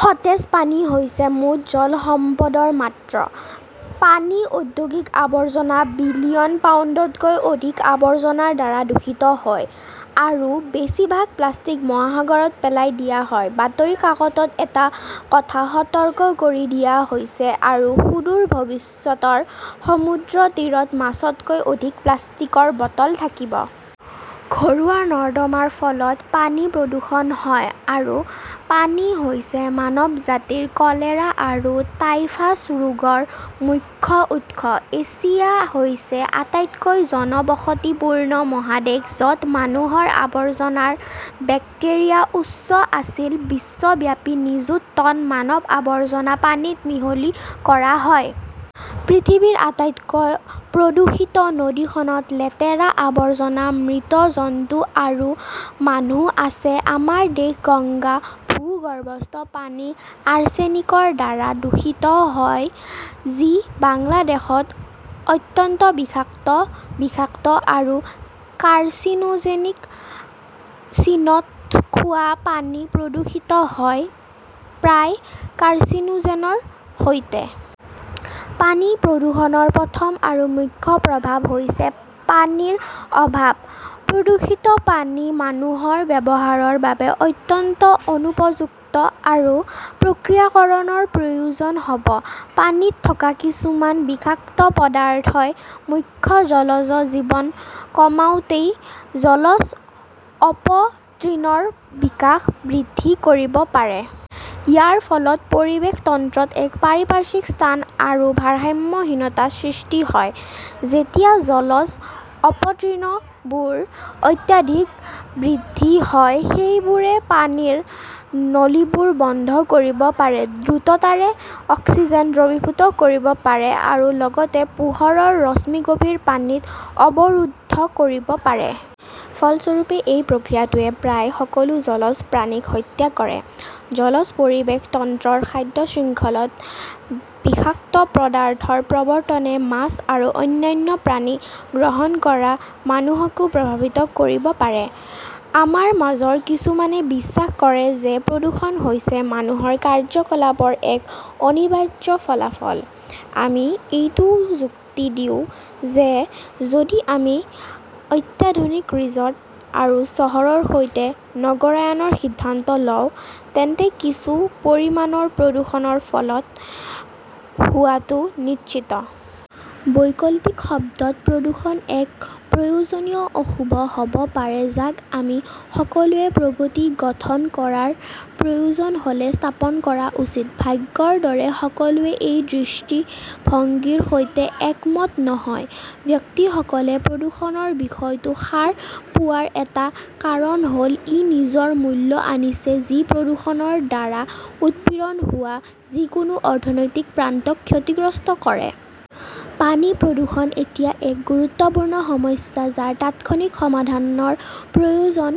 সতেজ পানী হৈছে মুঠ জল সম্পদৰ মাত্ৰ। পানী ঔদ্যোগিক আৱৰ্জনা, বিলিয়ন পাউণ্ডতকৈ অধিক আৱৰ্জনাৰ দ্বাৰা দূষিত হয়, আৰু বেছিভাগ প্লাষ্টিক মহাসাগৰত পেলাই দিয়া হয়। বাতৰি কাকতত এটা কথা সতৰ্ক কৰি দিয়া হৈছে, আৰু অদূৰ ভৱিষ্যতৰ সমুদ্ৰ তীৰত মাছতকৈ অধিক প্লাষ্টিকৰ বটল থাকিব। ঘৰুৱা নৰ্দমাৰ ফলত পানী প্ৰদূষণ হয়, আৰু পানী হৈছে মানৱ জাতিৰ কলেৰা আৰু টাইফাছ ৰোগৰ মুখ্য উৎস। এছিয়া হৈছে আটাইতকৈ জনবসতিপূৰ্ণ মহাদেশ য'ত মানুহৰ আৱৰ্জনাৰ বেক্টেৰিয়া উচ্চ আছিল। বিশ্বব্যাপী নিযুত টন মানৱ আৱৰ্জনা পানীত মিহলি কৰা হয়। পৃথিৱীৰ আটাইতকৈ প্ৰদূষিত নদীখনত লেতেৰা, আৱৰ্জনা, মৃত জন্তু আৰু মানুহ আছে আমাৰ দেশ- গঙ্গা। ভূগৰ্ভস্থ পানী আৰ্চেনিকৰ দ্বাৰা দূষিত, যি বাংলাদেশত অত্যন্ত বিষাক্ত, বিষাক্ত আৰু কাৰ্চিনোজেনিক। চীনত খোৱা পানী প্ৰদূষিত হয়, প্ৰায় কাৰ্চিনোজেনৰ সৈতে। পানী প্ৰদূষণৰ প্ৰথম আৰু মুখ্য প্ৰভাৱ হৈছে পানীৰ অভাৱ। প্ৰদূষিত পানী মানুহৰ ব্যৱহাৰৰ বাবে অত্যন্ত অনুপযুক্ত আৰু প্ৰক্ৰিয়াকৰণৰ প্ৰয়োজন হ'ব। পানীত থকা কিছুমান বিষাক্ত পদাৰ্থই মুখ্য জলজ জীৱন কমাওঁতে জলজ অপতৃণৰ বিকাশ বৃদ্ধি কৰিব পাৰে। ইয়াৰ ফলত পৰিৱেশ তন্ত্ৰত এক পাৰিপাৰ্শ্বিক স্থান আৰু ভাৰসাম্যহীনতা সৃষ্টি হয়। যেতিয়া জলজ অপতৃণবোৰ অত্যাধিক বৃদ্ধি হয়, সেইবোৰে পানীৰ নলীবোৰ বন্ধ কৰিব পাৰে, দ্ৰুততাৰে অক্সিজেন দ্ৰৱীভূত কৰিব পাৰে, আৰু লগতে পোহৰৰ ৰশ্মিগভীৰ পানীত অৱৰুদ্ধ কৰিব পাৰে। ফলস্বৰূপে, এই প্ৰক্ৰিয়াটোৱে প্ৰায় সকলো জলজ প্ৰাণীক হত্যা কৰে। জলজ পৰিৱেশ তন্ত্ৰৰ খাদ্য শৃংখলাত বিষাক্ত পদাৰ্থৰ প্ৰৱৰ্তনে মাছ আৰু অন্যান্য প্ৰাণী গ্ৰহণ কৰা মানুহকো প্ৰভাৱিত কৰিব পাৰে। আমাৰ মাজৰ কিছুমানে বিশ্বাস কৰে যে প্ৰদূষণ হৈছে মানুহৰ কাৰ্যকলাপৰ এক অনিবাৰ্য ফলাফল: আমি এইটোও যুক্তি দিওঁ যে যদি আমি অত্যাধুনিক ৰিজৰ্ট আৰু চহৰৰ সৈতে নগৰায়নৰ সিদ্ধান্ত লওঁ, তেন্তে কিছু পৰিমাণৰ প্ৰদূষণৰ ফলত হোৱাটো নিশ্চিত। বৈকল্পিক শব্দত, প্ৰদূষণ এক প্ৰয়োজনীয় অশুভ হ'ব পাৰে যাক আমি সকলোৱে প্ৰগতি গঠন কৰাৰ প্ৰয়োজন হ'লে স্থাপন কৰা উচিত। ভাগ্যৰ দৰে, সকলোৱে এই দৃষ্টিভংগীৰ সৈতে একমত নহয়। ব্যক্তিসকলে প্ৰদূষণৰ বিষয়টোত সাৰ পোৱাৰ এটা কাৰণ হ'ল ই নিজৰ মূল্য আনিছে যি প্ৰদূষণৰ দ্বাৰা উৎপীড়ন হোৱা যিকোনো অৰ্থনৈতিক প্ৰান্তক ক্ষতিগ্ৰস্ত কৰে। পানী প্ৰদূষণ এতিয়া এক গুৰুত্বপূৰ্ণ সমস্যা যাৰ তাৎক্ষণিক সমাধানৰ প্ৰয়োজন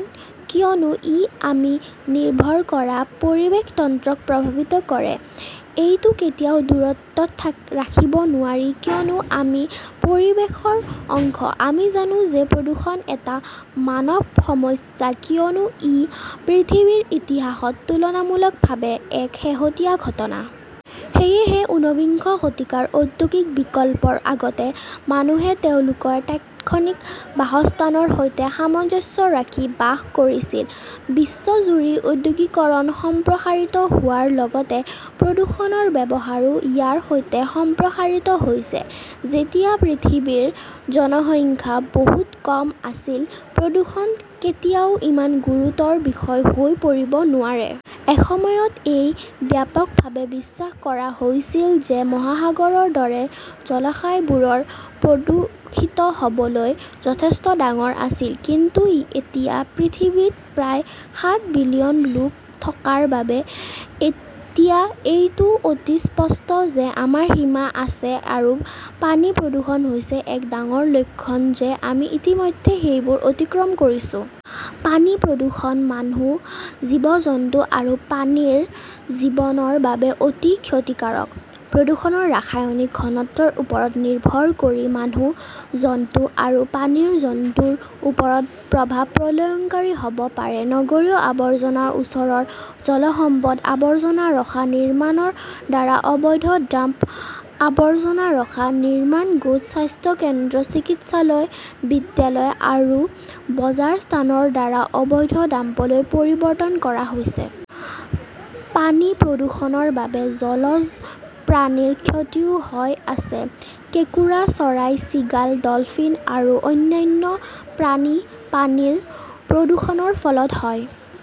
কিয়নো ই আমি নিৰ্ভৰ কৰা পৰিৱেশ তন্ত্ৰক প্ৰভাৱিত কৰে। এইটো কেতিয়াও দূৰত্বত ৰাখিব নোৱাৰি কিয়নো আমি পৰিৱেশৰ অংশ। আমি জানো যে প্ৰদূষণ এটা মানৱ সমস্যা কিয়নো ই পৃথিৱীৰ ইতিহাসত তুলনামূলকভাৱে এক শেহতীয়া ঘটনা। সেয়েহে, ঊনবিংশ শতিকাৰ ঔদ্যোগিক বিপ্লৱৰ আগতে, মানুহে তেওঁলোকৰ তাৎক্ষণিক বাসস্থানৰ সৈতে সামঞ্জস্য ৰাখি বাস কৰিছিল। বিশ্বজুৰি ঔদ্যোগিকৰণ সম্প্ৰসাৰিত হোৱাৰ লগে লগে, প্ৰদূষণৰ ব্যৱহাৰো ইয়াৰ সৈতে সম্প্ৰসাৰিত হৈছে। যেতিয়া পৃথিৱীৰ জনসংখ্যা বহুত কম আছিল, প্ৰদূষণ কেতিয়াও ইমান গুৰুতৰ বিষয় হৈ পৰিব নোৱাৰে। এসময়ত এইটো ব্যাপকভাৱে বিশ্বাস কৰা হৈছিল যে মহাসাগৰৰ দৰে জলাশয়বোৰ প্ৰদূষিত হ'বলৈ যথেষ্ট ডাঙৰ আছিল। কিন্তু এতিয়া, পৃথিৱীত প্ৰায় সাত বিলিয়ন লোক থকাৰ বাবে, এতিয়া এইটো অতি স্পষ্ট যে আমাৰ সীমা আছে আৰু পানী প্ৰদূষণ হৈছে এক ডাঙৰ লক্ষণ যে আমি ইতিমধ্যে সেইবোৰ অতিক্ৰম কৰিছো। পানী প্ৰদূষণ মানুহ, জীৱ-জন্তু আৰু পানীৰ জীৱনৰ বাবে অতি ক্ষতিকাৰক। প্ৰদূষকৰ ৰাসায়নিক ঘনত্বৰ ওপৰত নিৰ্ভৰ কৰি মানুহ, জন্তু আৰু পানীৰ জন্তুৰ ওপৰত প্ৰভাৱ প্ৰলয়ংকৰী হ'ব পাৰে। নগৰীয় আৱৰ্জনা ওচৰৰ জলসম্পদ, আৱৰ্জনা ৰখা, নিৰ্মাণৰ দ্বাৰা অবৈধ ডাম্প, আৱৰ্জনা ৰখা, নিৰ্মাণ গোট, স্বাস্থ্য কেন্দ্ৰ, চিকিৎসালয়, বিদ্যালয় আৰু বজাৰ স্থানৰ দ্বাৰা অবৈধ ডাম্পলৈ পৰিৱৰ্তন কৰা হৈছে। পানী প্ৰদূষণৰ বাবে জলজ প্ৰাণীৰ ক্ষতিও হৈ আছে। কেঁকোৰা, চৰাই, চিগাল, ডলফিন আৰু অন্যান্য প্ৰাণীপানীৰ প্ৰদূষণৰ ফলত হয়।